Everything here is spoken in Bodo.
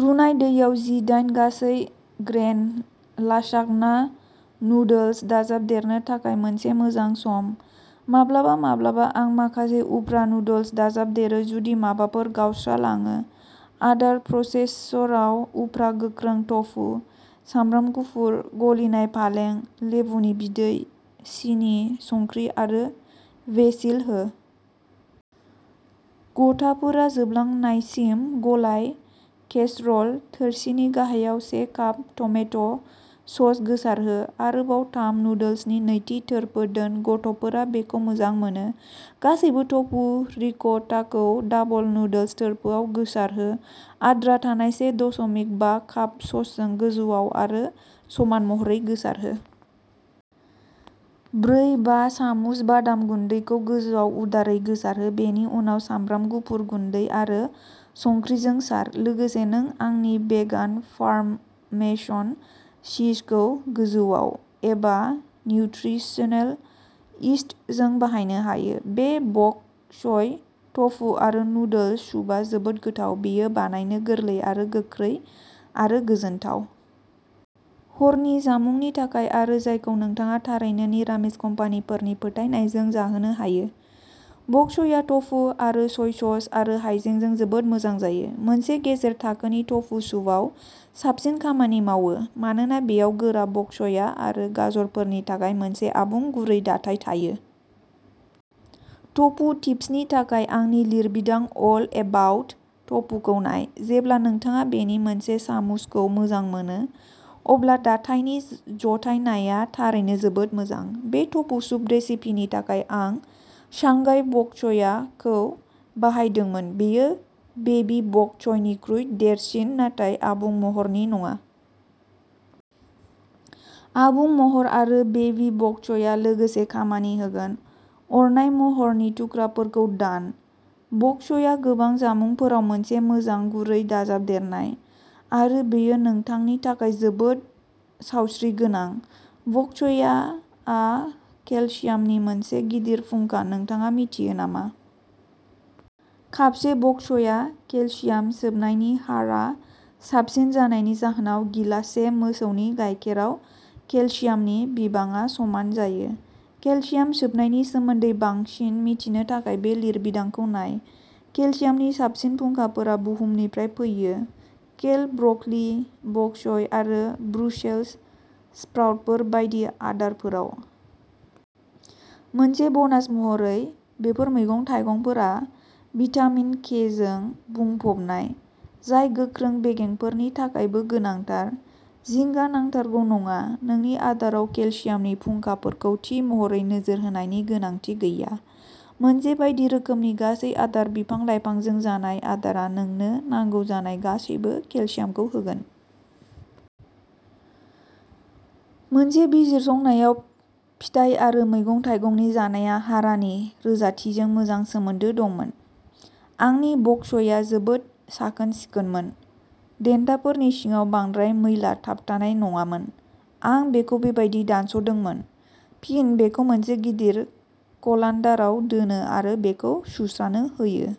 रुनाय दैयाव जिदाइन गासै ग्रेइन लासाग्ना नुडल्स दाजाबदेरनो थाखाय मोनसे मोजां सम। माब्लाबा माब्लाबा आं माखासे उफ्रा नुडल्स दाजाबदेरो, जुदि माबाफोर गावस्रालाङो, आदार प्रसेसराव, उफ्रा गोख्रों टफु, सामब्राम गुफुर, गलिनाय पालें, लेबुनि बिदै, सिनि, संख्रि आरो बेसिल हो। गथाफोरा जोबलांनायसिम गलाय। केसर'ल थोरसिनि गाहायाव से काप टमेट' सस गोसारहो। आरोबाव थाम नुडल्सनि नैथि थोरफो दोन। गथ'फोरा बेखौ मोजां मोनो। गासैबो टफु रिक'टाखौ डाबल नुडल्स थोरफोआव गोसारहो। आद्रा थानाय से दस'मिक बा काप ससजों गोजौआव आरो समान महरै गोसारहो। ब्रै-बा सामुस बादाम गुन्दैखौ गोजौआव उदारै गोसारहो, बेनि उनाव सामब्राम गुफुर गुन्दै आरो संख्रिजों सार। लोगोसे नों आंनि भेगान पार्मेसन चीजखौ गोजौआव, एबा निउत्रिसनेल इस्टजों बाहायनो हायो। बे बक च'य, टफु आरो नुडल्स सुपआ जोबोद गोथाव, बेयो बानायनो गोरलै आरो गोख्रै आरो गोजोनथाव। हरनि जामुंनि थाखाय, आरो जायखौ नोंथाङा थारैनो निरामिस कम्पानिफोरनो फोथायनायजों जाहोनो हायो। बक चया टफु, आरो सय सस, आरो हायजेंजों जोबोद मोजां जायो। मोनसे गेजेर थाखोनि टफु सुपआव साबसिन खामानि मावो मानोना बेयाव गोरा बक चया आरो गाजरफोरनि थाखाय मोनसे आबुं गुरै दाथाय थायो। टफु टिप्सनि थाखाय आंनि लिरबिदां अल एबाउट टफुखौ नाय। जेब्ला नोंथाङा बेनि मोनसे सामुसखौ मोजां मोनो, अब्ला दाथायनि जथायनाया थारैनो जोबोद मोजां। बे टफु सुप रेसिपिनि थाखाय आं "शांघाई बक चया" खौ बाहायदोंमोन, बेयो बेबी बक चयनिख्रुइ देरसिन, नाथाय आबुं महरनि नङा। आबुं महर आरो बेबी बक चया लोगोसे खामानि होगोन। अरनाय महरनि थुख्राफोरखौ दान। बक चया गोबां जामुंफोराव मोनसे मोजां गुरै दाजाबदेरनाय, आरो बेयो नोंथांनि थाखाय जोबोद सावस्रिगोनां। बक चया आ केलसियामनि मोनसे गिदिर फुंखा नोंथाङा मिथियो नामा? कापसे बक चया, केलसियाम सोबनायनि हारआ साबसिन जानायनि जाहोनाव गिलाससे मोसौनि गायखेरआव केलसियामनि बिबांआ समान जायो। केलसियाम सोबनायनि सोमोन्दै बांसिन मिथिनो थाखाय बे लिरबिदांखौ नाय। केलसियामनि साबसिन फुंखाफोरा बुहुमनिफ्राय फैयो, केल, ब्रकलि, बक च'य आरो ब्रुसेल्स स्प्राउटफोर बायदि आदारफोराव। मोनसे बनास महरै, बेफोर मैगं-थाइगंफोरा भिटामिन के जों बुंफबनाय, जाय गोख्रों बेगेंफोरनि थाखायबो गोनांथार। जिंगा नांथारगौ नङा, नोंनि आदाराव केलसियामनि फुंखाफोरखौ थि महरै नोजोर होनायनि गोनांथि गैया। मोनसे बायदि रोखोमनि, गासै-आदार, बिफां-लाइफांजों जानाय आदारआ नोंनो नांगौ जानाय गासैबो केलसियामखौ होगोन। मोनसे बिजिरसंनायाव, फिथाइ आरो मैगं-थाइगंनि जानाया हारानि रोजाथिजों मोजां सोमोन्दो दंमोन। आंनि बक च'यआ जोबोद साखोन-सिखोनमोन, देन्थाफोरनि सिङाव बांद्राय मैला थाबथानाय नङामोन। आं बेखौ बेबायदि दानस'दोंमोन, फिन बेखौ मोनसे गिदिर कलान्दाराव दोनो आरो बेखौ सुस्रानो होयो।